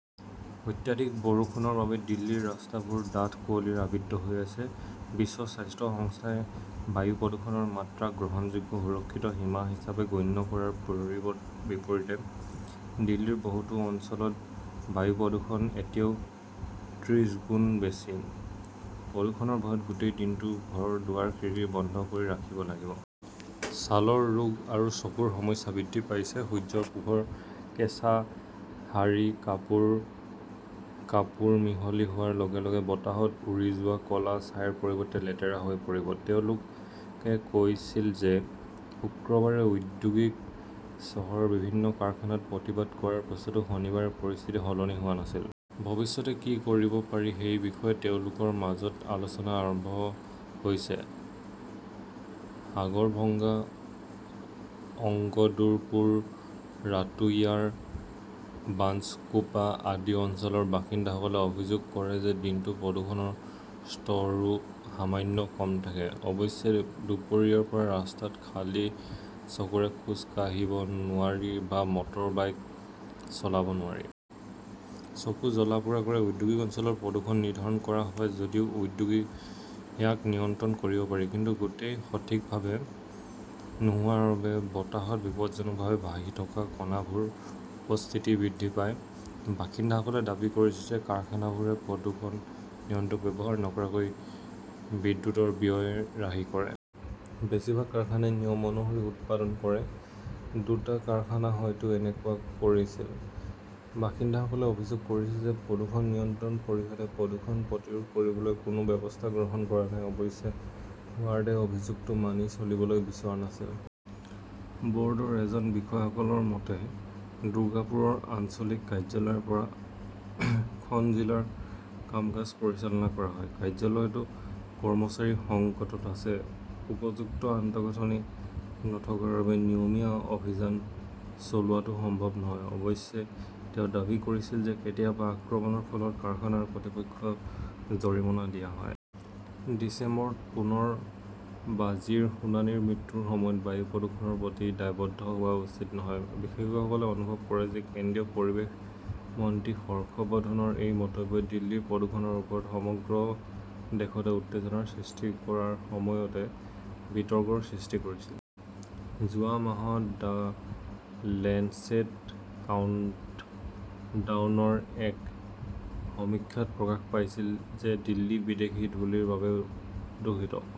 অত্যাধিক বৰষুণৰ বাবে দিল্লীৰ ৰাস্তাবোৰ ডাঠ কুঁৱলীৰে আবৃত হৈ আছে। বিশ্ব স্বাস্থ্য সংস্থাই বায়ু প্ৰদূষণৰ মাত্ৰাক গ্ৰহণযোগ্য সুৰক্ষিত সীমা হিচাপে গণ্য কৰাৰ পৰি বিপৰীতে দিল্লীৰ বহুতো অঞ্চলত বায়ু প্ৰদূষণ এতিয়াও ত্ৰিশগুণ বেছি। প্ৰদূষণৰ ভয়ত গোটেই দিনটো ঘৰৰ দুৱাৰ-খিৰিকী বন্ধ কৰি ৰাখিব লাগিব। ছালৰ ৰোগ আৰু চকুৰ সমস্যা বৃদ্ধি পাইছে। সূৰ্যৰ পোহৰত কেঁচা শাৰী, কাপোৰ-কাপোৰ মিহলি হোৱাৰ লগে-লগে বতাহত উৰি যোৱা ক'লা ছাইৰ পৰিৱৰ্তে লেতেৰা হৈ পৰে। তেওঁলোকে কৈছিল যে শুক্ৰবাৰে ঔদ্যোগিক চহৰৰ বিভিন্ন কাৰখানাত প্ৰতিবাদ কৰাৰ পিছতো শনিবাৰে পৰিস্থিতি সলনি হোৱা নাছিল। ভৱিষ্যতে কি কৰিব পাৰি সেই বিষয়ে তেওঁলোকৰ মাজত আলোচনা আৰম্ভ হৈছে। সাগৰভঙ্গা, অঙ্গদুৰপুৰ, ৰাতুৰিয়া, বাঞ্চকোপা আদি অঞ্চলৰ বাসিন্দাসকলে অভিযোগ কৰে যে দিনটোত প্ৰদূষণৰ স্তৰও সামান্য কম থাকে। অৱশ্যে, দুপৰীয়াৰ পৰা ৰাস্তাত খালী চকুৰে খোজ কাঢ়িব নোৱাৰি বা মটৰবাইক চলাব নোৱাৰি। চকু জ্বলা-পোৰা কৰে। ঔদ্যোগিক অঞ্চলত প্ৰদূষণ নিৰ্ধাৰণ কৰা হয় যদিও ঔদ্যোগিক ইয়াক নিয়ন্ত্ৰণ কৰিব পাৰি। কিন্তু গোটেই সঠিকভাৱে নোহোৱাৰ বাবে বতাহত বিপদজনকভাৱে ভাহি থকা কণাবোৰৰ উপস্থিতি বৃদ্ধি পায়। বাসিন্দাসকলে দাবী কৰিছে যে কাৰখানাবোৰে প্ৰদূষণ নিয়ন্ত্ৰক ব্যৱহাৰ নকৰাকৈ বিদ্যুৎৰ ব্যয় ৰাহি কৰে। বেছিভাগ কাৰখানাই নিয়ম অনুসৰি উৎপাদন কৰে। দুটা কাৰখানাই হয়তো এনেকুৱা কৰিছিল। বাসিন্দাসকলে অভিযোগ কৰিছে যে প্ৰদূষণ নিয়ন্ত্ৰণ পৰিষদে প্ৰদূষণ প্ৰতিৰোধ কৰিবলৈ কোনো ব্যৱস্থা গ্ৰহণ কৰা নাই। অৱশ্যে ৱাৰ্ডে অভিযোগটো মানি চলিবলৈ বিচৰা নাছিল। বৰ্ডৰ এজন বিষয়াসকলৰ মতে, দুৰ্গাপুৰৰ আঞ্চলিক কাৰ্যালয়ৰ পৰা খন জিলাৰ কাম-কাজ পৰিচালনা কৰা হয়। কাৰ্যালয়টো কৰ্মচাৰীৰ সংকটত আছে। উপযুক্ত আন্তঃগাঁথনি নথকাৰ বাবে নিয়মীয়া অভিযান চলোৱাটো সম্ভৱ নহয়। অৱশ্যে, তেওঁ দাবী কৰিছিল যে কেতিয়াবা আক্ৰমণৰ ফলত কাৰখানাৰ কৰ্তৃপক্ষক জৰিমনা দিয়া হয়। ডিচেম্বৰত পুনৰ বাজিৰ শুনানি মৃত্যুৰ সময়ত বায়ু প্ৰদূষণৰ প্ৰতি দায়বদ্ধ হোৱা উচিত নহয়। বিশেষজ্ঞসকলে অনুভৱ কৰে যে কেন্দ্ৰীয় পৰিৱেশ মন্ত্ৰী হৰ্ষ বৰ্ধনৰ এই মন্তব্যই দিল্লীৰ প্ৰদূষণৰ ওপৰত সমগ্ৰ দেশতে উত্তেজনাৰ সৃষ্টি কৰাৰ সময়তে বিতৰ্কৰ সৃষ্টি কৰিছিল। ।যোৱা মাহত দ্য লেঞ্চেট কাউণ্টডাউনৰ এক সমীক্ষাত প্ৰকাশ পাইছে যে দিল্লী বিদেশী ধূলিৰ বাবেও দূষিত।